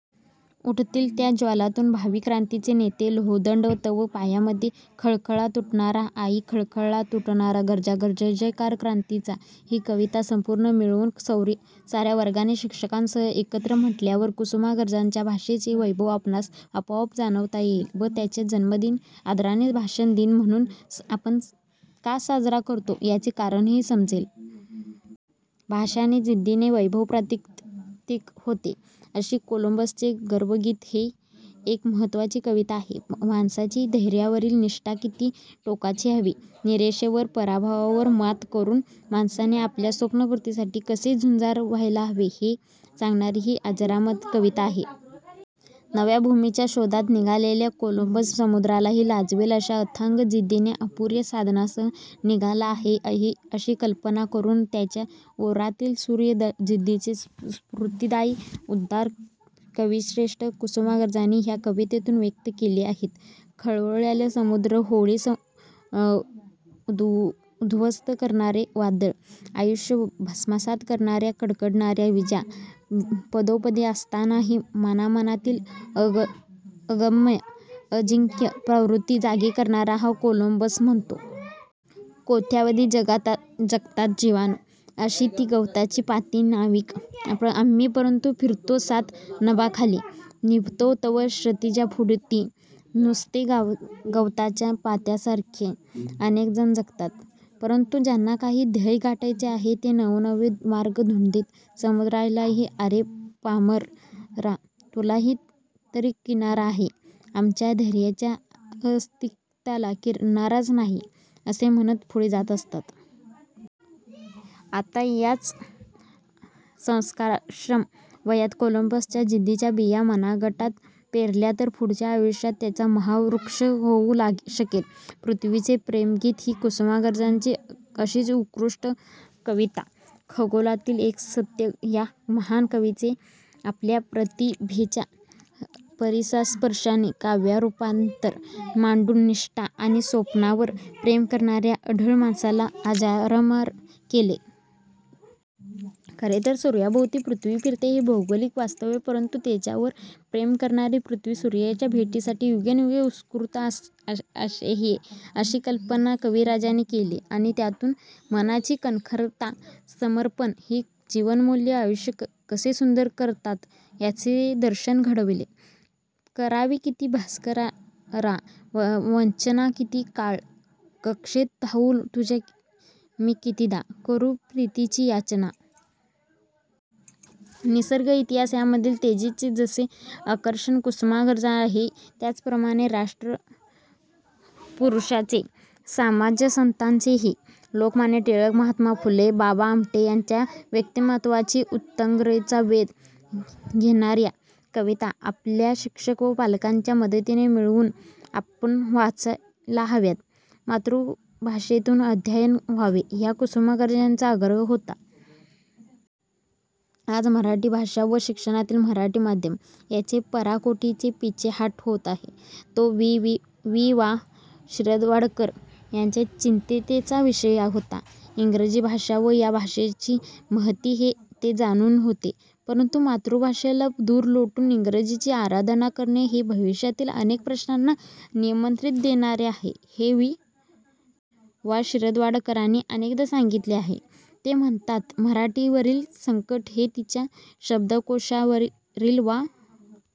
उठतिल त्या ज्वालांतुन भावी क्रांतीचे नेते लोहदंड तव पायांमधले खळाखळा तुटणार आई खळाखळा तुटणार गर्जा जयजयकार क्रांतीचा ही कविता संपूर्ण मिळवून सोर्य सार्या वर्गाने शिक्षकांसह एकत्र म्हटल्यास कुसुमाग्रजांच्या भाषेचे वैभव आपणास आपोआप जाणता येईल व त्यांचा जन्मदिवस आदराने भाषा दिन म्हणून आपण का साजरा करतो, त्याचे कारणही समजेल. भाषा आणि जिद्दीने वैभव प्रतीत होते, अशी कोलंबसाचे गर्वगीत ही एक महत्त्वाची कविता आहे. माणसाची धैर्यावरील निष्ठा किती टोकाची हवी, निराशेवर, पराभवावर मत करून माणसाने आपल्या स्वप्नपूर्तीसाठी कसे झुंजार व्हायला हवे हे सांगणारी ही अजरामर कविता आहे. नव्या भूमीच्या शोधात निघालेला कोलंबस समुद्रालाही लाजवेल अशा अथांग जिद्दीने अपुर्या साधनांसह निघाला आहे अही अशी कल्पना करून त्याच्या उरातील सूर्य जिद्दीचे स्फूर्तिदायी उद्गार कविश्रेष्ठ कुसुमाग्रजांनी ह्या कवितेतून व्यक्त केले आहेत. खवळलेला समुद्र, होडी समु उद्ध्वस्त करणारे वादळ, आयुष्य भस्मसात करणार्या कडकडणार्या विजा पदोपदी असतानाही मानामनांतील अगम्य, अजिंक्य प्रवृत्ती जागी करणारा हा कोलंबस म्हणतो. कोट्यवधी जगतात जिवाणू, जशी ती गवताची पाती नाविक आम्ही परंतु फिरतो सात नभांखाली निर्मितो नव क्षितिजे पुढती! नुसते गवताच्या पात्यासारखे अनेकजण जगतात, परंतु ज्यांना काही ध्येय गाठायचे आहे ते नवेनवे मार्ग धुंडीत, समुद्रालाही अरे पामरा, तुला तरी किनारा आहे, आमच्या ध्येयाच्या आसक्तीला किनाराच नाही असे म्हणत पुढेच जात असतात. आता याच संस्कारक्षम वयात कोलंबसाच्या जिद्दीच्या बिया मनगटात पेरल्या तर पुढच्या आयुष्यात त्याचा महावृक्ष होऊ शकेल. पृथ्वीचे प्रेमगीत ही कुसुमाग्रजांची अशीच उत्कृष्ट कविता. खगोलातील एक सत्य ह्या महान कवीने आपल्या प्रतिभेच्या परीसस्पर्शाने काव्यरूपात मांडून निष्ठा आणि स्वप्नांवर प्रेम करणार्या अढळ मनाला अजरामर केले. खरे तर सूर्याभोवती पृथ्वी फिरते हे भौगोलिक वास्तव परंतु तेजावर प्रेम करणारी पृथ्वी सूर्याच्या भेटीसाठी युगेयुगे उत्सुक आहे, अशी कल्पना कविराजाने केली आणि त्यातून मनाची कणखरता, समर्पण ही जीवनमूल्ये आयुष्य कसे सुंदर करतात, याचे दर्शन घडवले करावी किती भास्करा वंचना किती काळ कक्षेत धावू तुझ्या मी कितीदा करू प्रीतिची याचना! निसर्ग, इतिहास यांमधील तेजाचे जसे आकर्षण कुसुमाग्रजांना आहे त्याप्रमाणेच राष्ट्रपुरुषांचे, समाजसंतांचेही! लोकमान्य टिळक, महात्मा फुले, बाबा आमटे यांच्या व्यक्तिमत्त्वांतील उत्तुंगतेचा वेध घेणार्या कविता आपल्या शिक्षक व पालकांच्या मदतीने मिळवून आपण वाचायला हव्यात. मातृभाषेतून अध्ययन व्हावे हा कुसुमाग्रजांचा आग्रह होता. आज मराठी भाषा व शिक्षणातील मराठी माध्यम यांची पराकोटीची पिछेहाट होत आहे. तो वि. वा. शिरवाडकर यांच्या चिंतेचा विषय होता. इंग्रजी भाषा व या भाषेची महती ते जाणून होते, परंतु मातृभाषेला दूर लोटून इंग्रजीची आराधना करणे हे भविष्यातील अनेक प्रश्नांना निमंत्रण देणारे आहे, हे वि. वा. शिरवाडकरांनी अनेकदा सांगितले आहे. ते म्हणतात, मराठीवरील संकट हे तिच्या शब्दकोशावरील वा